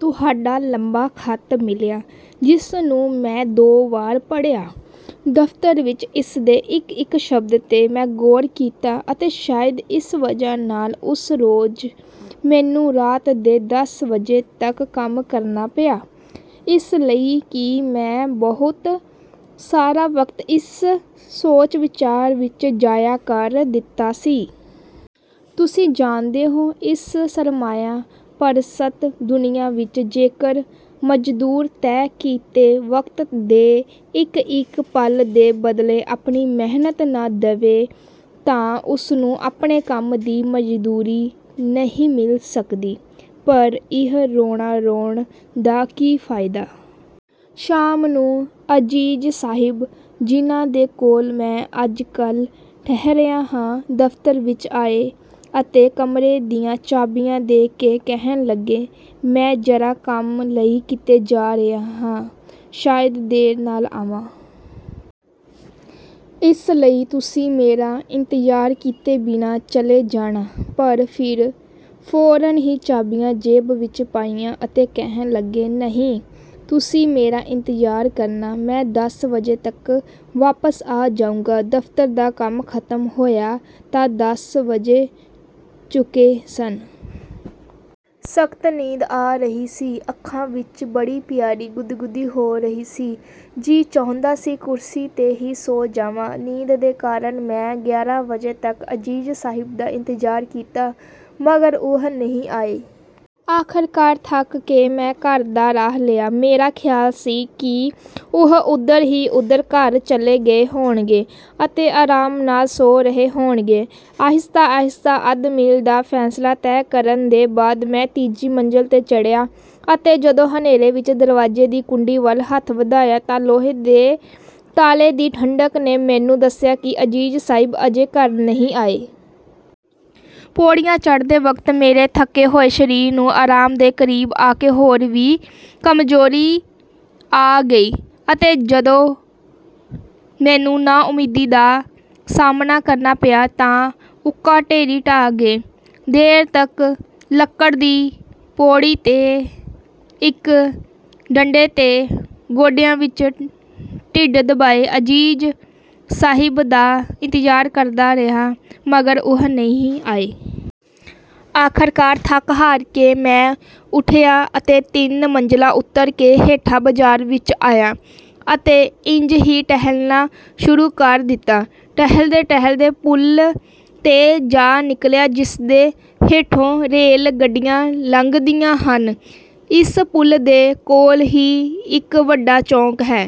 ਤੁਹਾਡਾ ਲੰਮਾ ਖ਼ਤ ਮਿਲਿਆ ਜਿਸ ਨੂੰ ਮੈਂ ਦੋ ਵਾਰ ਪੜ੍ਹਿਆ। ਦਫ਼ਤਰ ਵਿੱਚ ਇਸਦੇ ਇੱਕ-ਇੱਕ ਸ਼ਬਦ ਤੇ ਮੈਂ ਗ਼ੌਰ ਕੀਤਾ ਅਤੇ ਸ਼ਾਇਦ ਇਸ ਵਜ੍ਹਾ ਨਾਲ਼ ਉਸ ਰੋਜ਼ ਮੈਨੂੰ ਰਾਤ ਦੇ ਦਸ ਵਜੇ ਤੱਕ ਕੰਮ ਕਰਨਾ ਪਿਆ, ਇਸ ਲਈ ਕਿ ਮੈਂ ਬਹੁਤ ਸਾਰਾ ਵਕਤ ਇਸ ਸੋਚ-ਵਿਚਾਰ ਵਿੱਚ ਜ਼ਾਇਆ ਕਰ ਦਿੱਤਾ ਸੀ। ਤੁਸੀਂ ਜਾਣਦੇ ਹੋ ਇਸ ਸਰਮਾਇਆ ਪਰਸਤ ਦੁਨੀਆ ਵਿੱਚ ਜੇਕਰ ਮਜ਼ਦੂਰ ਤੈਅ ਕੀਤੇ ਵਕਤ ਦੇ ਇੱਕ ਇੱਕ ਪਲ ਦੇ ਬਦਲੇ ਆਪਣੀ ਮਿਹਨਤ ਨਾ ਦੇਵੇ ਤਾਂ ਉਸਨੂੰ ਆਪਣੇ ਕੰਮ ਦੀ ਮਜ਼ਦੂਰੀ ਨਹੀਂ ਮਿਲ ਸਕਦੀ, ਪਰ ਇਹ ਰੋਣਾ ਰੋਣ ਦਾ ਕੀ ਫਾਇਦਾ? ਸ਼ਾਮ ਨੂੰ ਅਜ਼ੀਜ਼ ਸਾਹਿਬ, ਜਿਨ੍ਹਾਂ ਦੇ ਕੋਲ ਮੈਂ ਅੱਜ-ਕੱਲ੍ਹ ਠਹਰਿਆ ਹਾਂ, ਦਫ਼ਤਰ ਵਿੱਚ ਆਏ ਅਤੇ ਕਮਰੇ ਦੀਆਂ ਚਾਬੀਆਂ ਦੇ ਕੇ ਕਹਿਣ ਲੱਗੇ, "ਮੈਂ ਜਰਾ ਕੰਮ ਲਈ ਕਿਤੇ ਜਾ ਰਿਹਾ ਹਾਂ। ਸ਼ਾਇਦ ਦੇਰ ਨਾਲ ਆਵਾਂ। ਇਸ ਲਈ ਤੁਸੀਂ ਮੇਰਾ ਇੰਤਜ਼ਾਰ ਕੀਤੇ ਬਿਨਾਂ ਚਲੇ ਜਾਣਾ।" ਪਰ ਫਿਰ ਫ਼ੌਰਨ ਹੀ ਚਾਬੀਆਂ ਜੇਬ ਵਿੱਚ ਪਾਈਆਂ ਅਤੇ ਕਹਿਣ ਲੱਗੇ, "ਨਹੀਂ, ਤੁਸੀਂ ਮੇਰਾ ਇੰਤਜ਼ਾਰ ਕਰਨਾ। ਮੈਂ ਦਸ ਵਜੇ ਤੱਕ ਵਾਪਸ ਆ ਜਾਊਂਗਾ।" ਦਫ਼ਤਰ ਦਾ ਕੰਮ ਖਤਮ ਹੋਇਆ ਤਾਂ ਦਸ ਵਜ ਚੁੱਕੇ ਸਨ। ਸਖ਼ਤ ਨੀਂਦ ਆ ਰਹੀ ਸੀ। ਅੱਖਾਂ ਵਿੱਚ ਬੜੀ ਪਿਆਰੀ ਗੁਦਗੁਦੀ ਹੋ ਰਹੀ ਸੀ। ਜੀ ਚਾਹੁੰਦਾ ਸੀ ਕੁਰਸੀ ਤੇ ਹੀ ਸੌਂ ਜਾਂਵਾਂ। ਨੀਂਦ ਦੇ ਕਾਰਨ ਮੈਂ ਗਿਆਰਾਂ ਵਜੇ ਤੱਕ ਅਜ਼ੀਜ਼ ਸਾਹਿਬ ਦਾ ਇੰਤਜ਼ਾਰ ਕੀਤਾ ਮਗਰ ਉਹ ਨਹੀਂ ਆਏ। ਆਖ਼ਰਕਾਰ ਥੱਕ ਕੇ ਮੈਂ ਘਰ ਦਾ ਰਾਹ ਲਿਆ। ਮੇਰਾ ਖ਼ਿਆਲ ਸੀ ਕਿ ਉਹ ਉੱਧਰ ਹੀ ਉੱਧਰ ਘਰ ਚਲੇ ਗਏ ਹੋਣਗੇ ਅਤੇ ਆਰਾਮ ਨਾਲ਼ ਸੌਂ ਰਹੇ ਹੋਣਗੇ। ਆਹਿਸਤਾ- ਆਹਿਸਤਾ ਅੱਧ ਮੀਲ ਦਾ ਫ਼ਾਸਲਾ ਤੈਅ ਕਰਨ ਦੇ ਬਾਅਦ ਮੈਂ ਤੀਜੀ ਮੰਜ਼ਿਲ ਤੇ ਚੜ੍ਹਿਆ ਅਤੇ ਜਦੋਂ ਹਨੇਰੇ ਵਿੱਚ ਦਰਵਾਜ਼ੇ ਦੀ ਕੁੰਡੀ ਵੱਲ ਹੱਥ ਵਧਾਇਆ ਤਾਂ ਲੋਹੇ ਦੇ ਤਾਲੇ ਦੀ ਠੰਢਕ ਨੇ ਮੈਨੂੰ ਦੱਸਿਆ ਕਿ ਅਜ਼ੀਜ਼ ਸਾਹਿਬ ਅਜੇ ਨਹੀਂ ਆਏ। ਪੌੜੀਆਂ ਚੜ੍ਹਦੇ ਵਕਤ ਮੇਰੇ ਥਕੇ ਹੋਏ ਸ਼ਰੀਰ ਨੂੰ ਆਰਾਮ ਦੇ ਕਰੀਬ ਆਕੇ ਹੋਰ ਵੀ ਕਮਜ਼ੋਰੀ ਆ ਗਈ, ਅਤੇ ਜਦੋਂ ਮੈਨੂੰ ਨਾਉਮੀਦੀ ਦਾ ਸਾਹਮਣਾ ਕਰਨਾ ਪਿਆ ਤਾਂ ਉੱਕਾ ਢੇਰੀ ਢਾਹ ਗਏ। ਦੇਰ ਤੱਕ ਲੱਕੜ ਦੀ ਪੌੜੀ ਦੇ ਇੱਕ ਡੰਡੇ ਤੇ ਗੋਡਿਆਂ ਵਿੱਚ ਢਿੱਡ ਦਬਾਏ ਅਜ਼ੀਜ਼ ਸਾਹਿਬ ਦਾ ਇੰਤਜ਼ਾਰ ਕਰਦਾ ਰਿਹਾ ਮਗਰ ਉਹ ਨਹੀਂ ਆਏ। ਆਖ਼ਰਕਾਰ ਥੱਕ-ਹਾਰ ਕੇ ਮੈਂ ਉਠਿਆ ਅਤੇ ਤਿੰਨ ਮੰਜ਼ਲਾਂ ਉੱਤਰ ਕੇ ਹੇਠਾਂ ਬਾਜ਼ਾਰ ਵਿੱਚ ਆਇਆ ਅਤੇ ਇੰਜ ਹੀ ਟਹਿਲਣਾ ਸ਼ੁਰੂ ਕਰ ਦਿੱਤਾ। ਟਹਿਲਦੇ-ਟਹਿਲਦੇ ਪੁੱਲ ਤੇ ਜਾ ਨਿਕਲਿਆ ਜਿਸਦੇ ਹੇਠੋਂ ਰੇਲ ਗੱਡੀਆਂ ਲੰਘਦੀਆਂ ਹਨ। ਇਸ ਪੁਲ ਦੇ ਕੋਲ਼ ਹੀ ਇੱਕ ਵੱਡਾ ਚੌਕ ਹੈ।